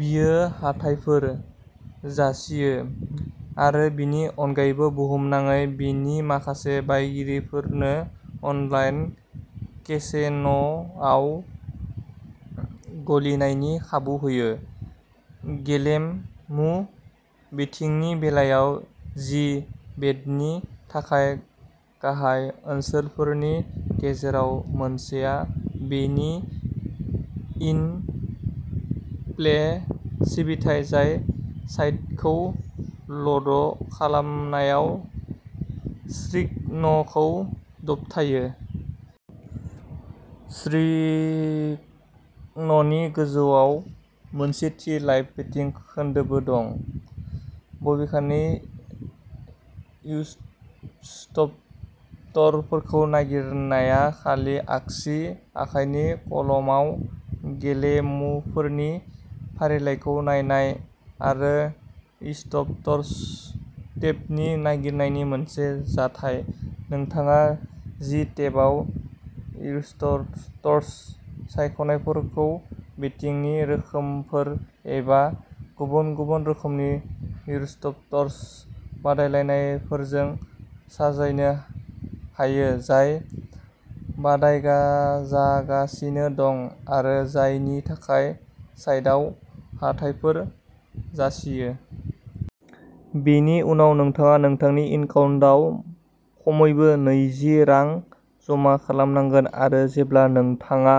बेयो हाथाइफोर जासियो आरो बेनि अनगायैबो, बुहुमनाङै बेनि माखासे बायगिरिफोरनो अनलाइन केसिन' आव गेलेनायनि खाबु होयो। गेलेमु बेटिंनि बेलायाव जि बेटनि थाखाय गाहाय ओनसोलफोरनि गेजेराव मोनसेआ बेनि इन प्ले सिबिथाइ, जाय साइटखौ ल'ड खालामनायाव स्क्रिनखौ दबथायो। स्क्रिननि गोजौआव मोनसे थि लाइभ बेटिं खोन्दोबो दं। बबेखानि, इस्प'र्टफोरखौ नागिरनाया खालि आगसि आखाइनि कलमाव गेलेमुफोरनि फारिलाइखौ नायनाय आरो इस्प'र्टस टेब नागिरनायनि मोनसे जाथाय। नोंथाङा जि बेटआव इस्प'र्टस सायख'नायफोरखौ बेटिंनि रोखोमफोर एबा गुबुन गुबुन रोखोमनि इस्प'र्टस बादायलायनायफोरजों साजायनो हायो जाय बादायजागासिनो दं आरो जायनि थाखाय साइटआव हाथाइफोर जासियो। बेनि उनाव नोंथाङा नोंथांनि एकाउन्टआव खमैबो नैजि रां जमा खालामनांगौ आरो जेब्ला नोंथाङा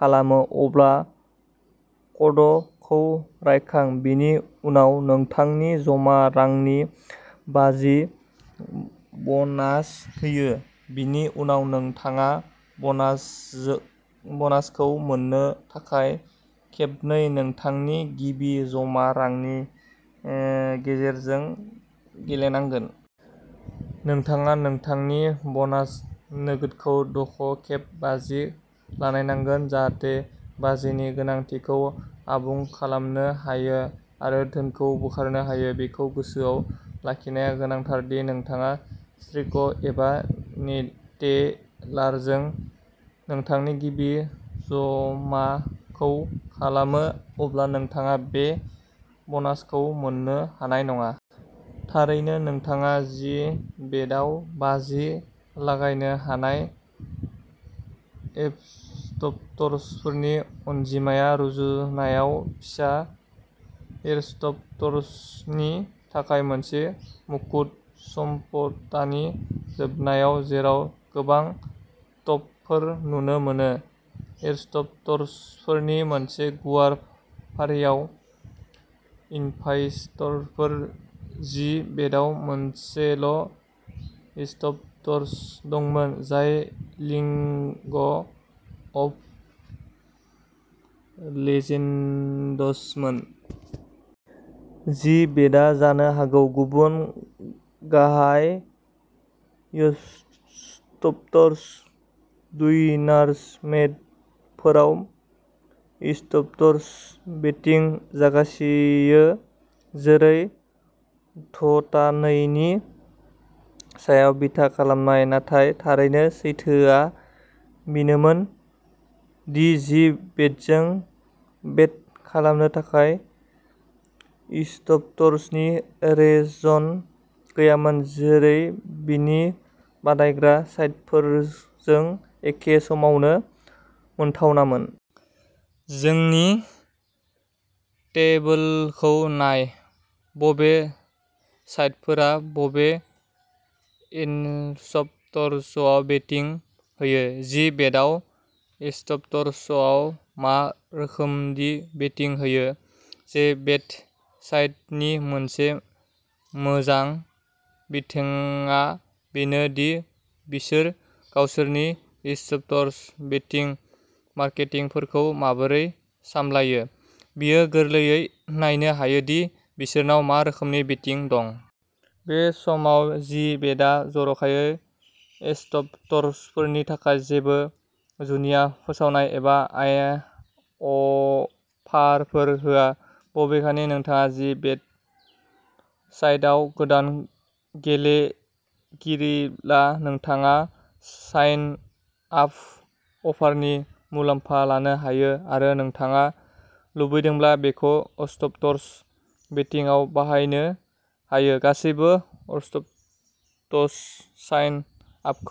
खालामो, अब्ला क'ड खौ रायखां। बेनि उनाव नोंथांनि जमा रांनि बाजि बनास होयो। बेनि उनाव नोंथाङा बनासखौ मोननो थाखाय खेबसे नोंथांनि गिबि जमा रांनि गेजेरजों गेलेनांगोन। नोंथाङा नोंथांनि बनास नोगोदखौ द' खेब बाजि लागायनांगोन जाहाथे बाजिनि गोनांथिखौ आबुं खालामनो हायो आरो धोनखौ बोखारनो हायो। बेखौ गोसोआव लाखिनाया गोनांथार दि नोंथाङा स्क्रिल एबा नेटेलारजों नोंथांनि गिबि जमाखौ खालामो, अब्ला नोंथाङा बे बनासखौ मोननो हानाय नङा। थारैनो, नोंथाङा जि बेटआव बाजि लागायनो हानाय एस्प'र्टफोरनि अनजिमाया रुजुनायाव फिसा। एस्प'र्ट्सनि थाखाय मोनसे मुखुब सप्तानि जोबनायावबो, जेराव गोबां टपफोर नुनो मोनो। एस्प'र्टफोरनि मोनसे गुवार फारियाव इभेन्टफोर, जि बेटआव मोनसेल' इस्प'र्ट दंमोन, जाय लिग अफ लेजेन्डसमोन। जि बेटआ जानो हागौ गुबुन गाहाय इस्प'र्टस टुर्नामेन्टफोराव एस्प'र्टस बेटिं जासियो, जेरै ड'टा नै नि सायाव बिथा खालामनाय, नाथाय थारैनो सैथोआ बेनोमोन दि जि बेटजों बेट खालामनो थाखाय इस्प'र्टसनि रेन्ज गैयामोन, जेरै बेनि बादायग्रा साइटफोरजों एखे समावनो मोनथावनामोन। जोंनि टेबोलखौ नाय। बबे साइटफोरा बबे एस्प'र्टआव बेटिं होयो। जि बेटआव एस्प'र्टआव मा रोखोमनि बेटिं होयो? जि बेट साइटनि मोनसे मोजां बिथिंआ बेनो दि बिसोर गावसोरनि एस्प'र्ट बेटिं मार्केटफोरखौ माबोरै सामलायो, बेयो गोरलैयै नायनो हायो दि बिसोरनाव मा रोखोमनि बेटिं दं। बे समाव जि बेटआ जर'खायै एस्प'र्टफोरनि थाखाय जेबो जुनिया फोसावनाय एबा अफारफोर होआ। बबेखानि नोंथाङा जि बेट साइटआव गोदान गेलेगिरिब्ला, नोंथाङा साइन आप अफारनि मुलाम्फा लानो हायो आरो नोंथाङा लुबैदोंब्ला बेखौ एस्प'र्टस बेटिंआव बाहायनो हायो। गासैबो एस्प'र्टस साइन आपखौ नाय।